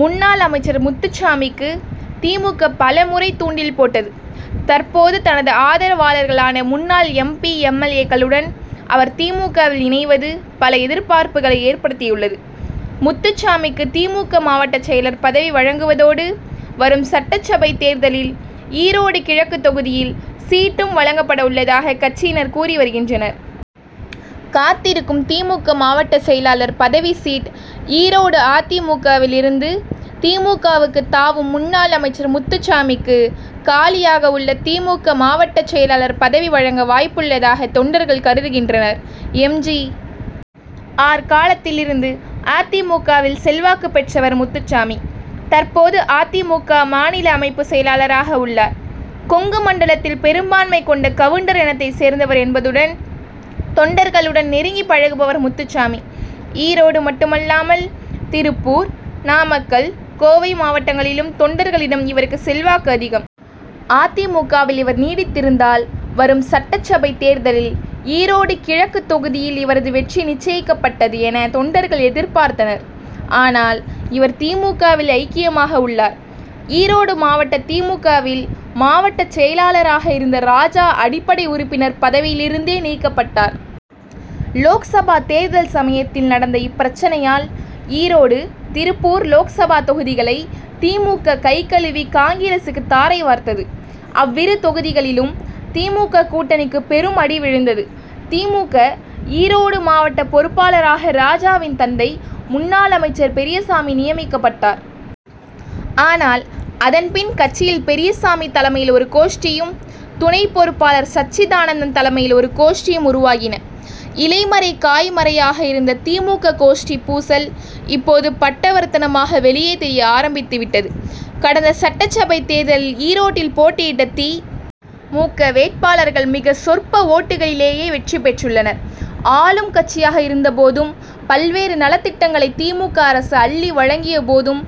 முன்னாள் அமைச்சர் முத்துசாமிக்கு தி. மு. க. பல முறை தூண்டில் போட்டது. தற்போது தனது ஆதரவாளர்களான முன்னாள் எம். பி. எம். எல். ஏ.க்களுடன்அவர் தி. மு. க.,வில் இணைவது, பல எதிர்பார்ப்புகளை ஏற்படுத்தியுள்ளது. முத்து சாமிக்கு தி. மு. க. மாவட்டச் செயலர் பதவி வழங்குவதோடு, வரும் சட்டசபைத் தேர்தலில் ஈரோடு கிழக்கு தொகுதியில், சீட்டும் வழங்கப்பட உள்ளதாக கட்சியினர் கூறிவருகின்றனர். காத்திருக்கும் தி. மு. க.மாவட்ட செயலாளர் பதவி சீட்' ஈரோடு அ. தி. மு. க.,வில் இருந்து தி. மு. க.,வுக்கு தாவும் முன்னாள் அமைச்சர் முத்துசாமிக்கு, காலியாகவுள்ள தி. மு. க., மாவட்ட செயலாளர் பதவி வழங்க வாய்ப்புள்ளதாக தொண்டர்கள் கருதுகின்றனர். எம். ஜி. ஆர்., காலத்திலிருந்து அ. தி. மு. க.,வில் செல்வாக்கு பெற்றவர் முத்துசாமி. தற்போது அ. தி. மு. க., மாநில அமைப்பு செயலாளராக உள்ளார். கொங்கு மண்டலத்தில் பெரும்பான்மை கொண்ட கவுண்டர் இனத்தை சேர்ந்தவர் என்பதுடன், தொண்டர்களுடன் நெருங்கி பழகுபவர் முத்துசாமி. ஈரோடு மட்டுமல்லாமல், திருப்பூர், நாமக்கல், கோவை மாவட்டங்களிலும் தொண்டர்களிடம் இவருக்கு செல்வாக்கு அதிகம். அ. தி. மு. க.,வில் இவர் நீடித்திருந்தால், வரும் சட்டசபை தேர்தலில் ஈரோடு கிழக்கு தொகுதியில் இவரது வெற்றி நிச்சயிக்கப்பட்டது என தொண்டர்கள் எதிர்பார்த்தனர். ஆனால், இவர் தி. மு. க.,வில் ஐக்கியமாக உள்ளார். ஈரோடு மாவட்ட தி. மு. க.,வில் மாவட்ட செயலாளராக இருந்த ராஜா அடிப்படை உறுப்பினர் பதவியிலிருந்தே நீக்கப்பட்டார். லோக்சபா தேர்தல் சமயத்தில் நடந்த இப் பிரச்னையால் ஈரோடு, திருப்பூர் லோக்சபா தொகுதிகளை தி. மு. க.கைகழுவி, காங்கிரஸுக்கு தாரை வார்த்தது. அவ்விரு தொகுதிகளிலும் தி. மு. க., கூட்டணிக்கு பெரும் அடி விழுந்தது. தி. மு. க., ஈரோடு மாவட்ட பொறுப்பாளராக ராஜாவின் தந்தை, முன்னாள் அமைச்சர் பெரியசாமி நியமிக்கப்பட்டார். ஆனால், அதன் பின் கட்சியில் பெரியசாமி தலைமையில் ஒரு கோஷ்டியும், துணை பொறுப்பாளர் சச்சிதானந்தன் தலைமையில் ஒரு கோஷ்டியும் உருவாகின. இலைமறை காய் மறையாக இருந்த தி. மு. க., கோஷ்டி பூசல் இப்போது பட்டவர்த்தனமாக வெளியே தெரிய ஆரம்பித்து விட்டது. கடந்த சட்டசபை தேர்தலில் ஈரோட்டில் போட்டியிட்ட தி. மு. க., வேட்பாளர்கள் மிக சொற்ப ஓட்டுகளிலேயே வெற்றி பெற்றுள்ளனர். ஆளும் கட்சியாக இருந்தபோதும், பல் வேறு நலத்திட்டங்களை தி. மு. க., அரசு அள்ளி வழங்கிய போதும்,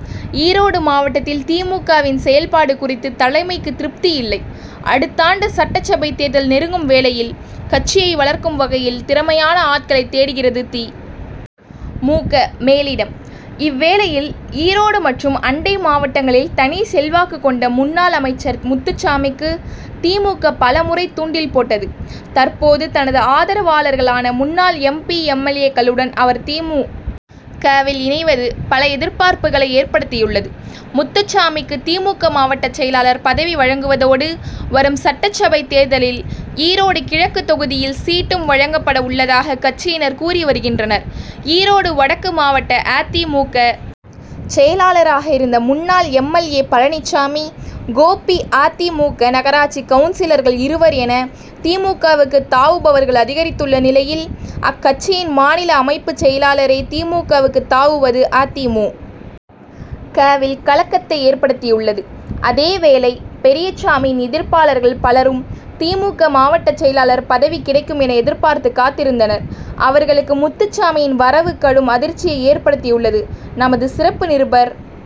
ஈரோடு மாவட்டத்தில் தி. மு. க.,வின் செயல்பாடு குறித்து தலைமைக்கு திருப்தியில்லை. அடுத்தாண்டு சட்டசபை தேர்தல் நெருங்கும் வேளையில், கட்சியை வளர்க்கும் வகையில் திறமையான ஆட்களை தேடுகிறது தி. மு. க., மேலிடம். இவ்வேளையில் ஈரோடு மற்றும் அண்டை மாவட்டங்களில் தனி செல்வாக்கு கொண்ட முன்னாள் அமைச்சர் முத்துசாமிக்கு தி. மு. க., பல முறை தூண்டில் போட்டது. தற்போது தனது ஆதரவாளர்களான முன்னாள் எம். P., M. எல். ஏ.,க்களுடன் அவர் தி. மு. க.,வில் இணைவது பல எதிர்பார்ப்புகளை ஏற்படுத்தியுள்ளது. முத்துசாமிக்கு தி. மு. க., மாவட்ட செயலாளர் பதவி வழங்குவதோடு, வரும் சட்ட சபை தேர்தலில் ஈரோடு கிழக்கு தொகுதியில் சீட்'டும் வழங்கப்பட உள்ளதாக கட்சியினர் கூறி வருகின்றனர். ஈரோடு வடக்கு மாவட்ட அ. தி. மு. க., செயலாளராக இருந்த முன்னாள் M. L. A., Palaniswami, Gobi அ. தி. மு. க., நகராட்சி கவுன்சிலர்கள் இருவர் என தி. மு. க.,வுக்கு தாவுபவர்கள் அதிகரித்துள்ள நிலையில், அக்கட்சியின் மாநில அமைப்பு செயலாளரே தி. மு. க.,வுக்கு தாவுவது அ. தி. மு. க.,வில் கலக்கத்தை ஏற்படுத்தியுள்ளது. அதே வேளை, பெரியசாமியின் எதிர்ப்பாளர்கள் பலரும் தி. மு. க., மாவட்ட செயலாளர் பதவி கிடைக்கும் என எதிர்பார்த்து காத்திருந்தனர். அவர்களுக்கு முத்துசாமியின் வரவு கடும் அதிர்ச்சியை ஏற்படுத்தியுள்ளது. -நமதுசிறப்பு நிருபர்-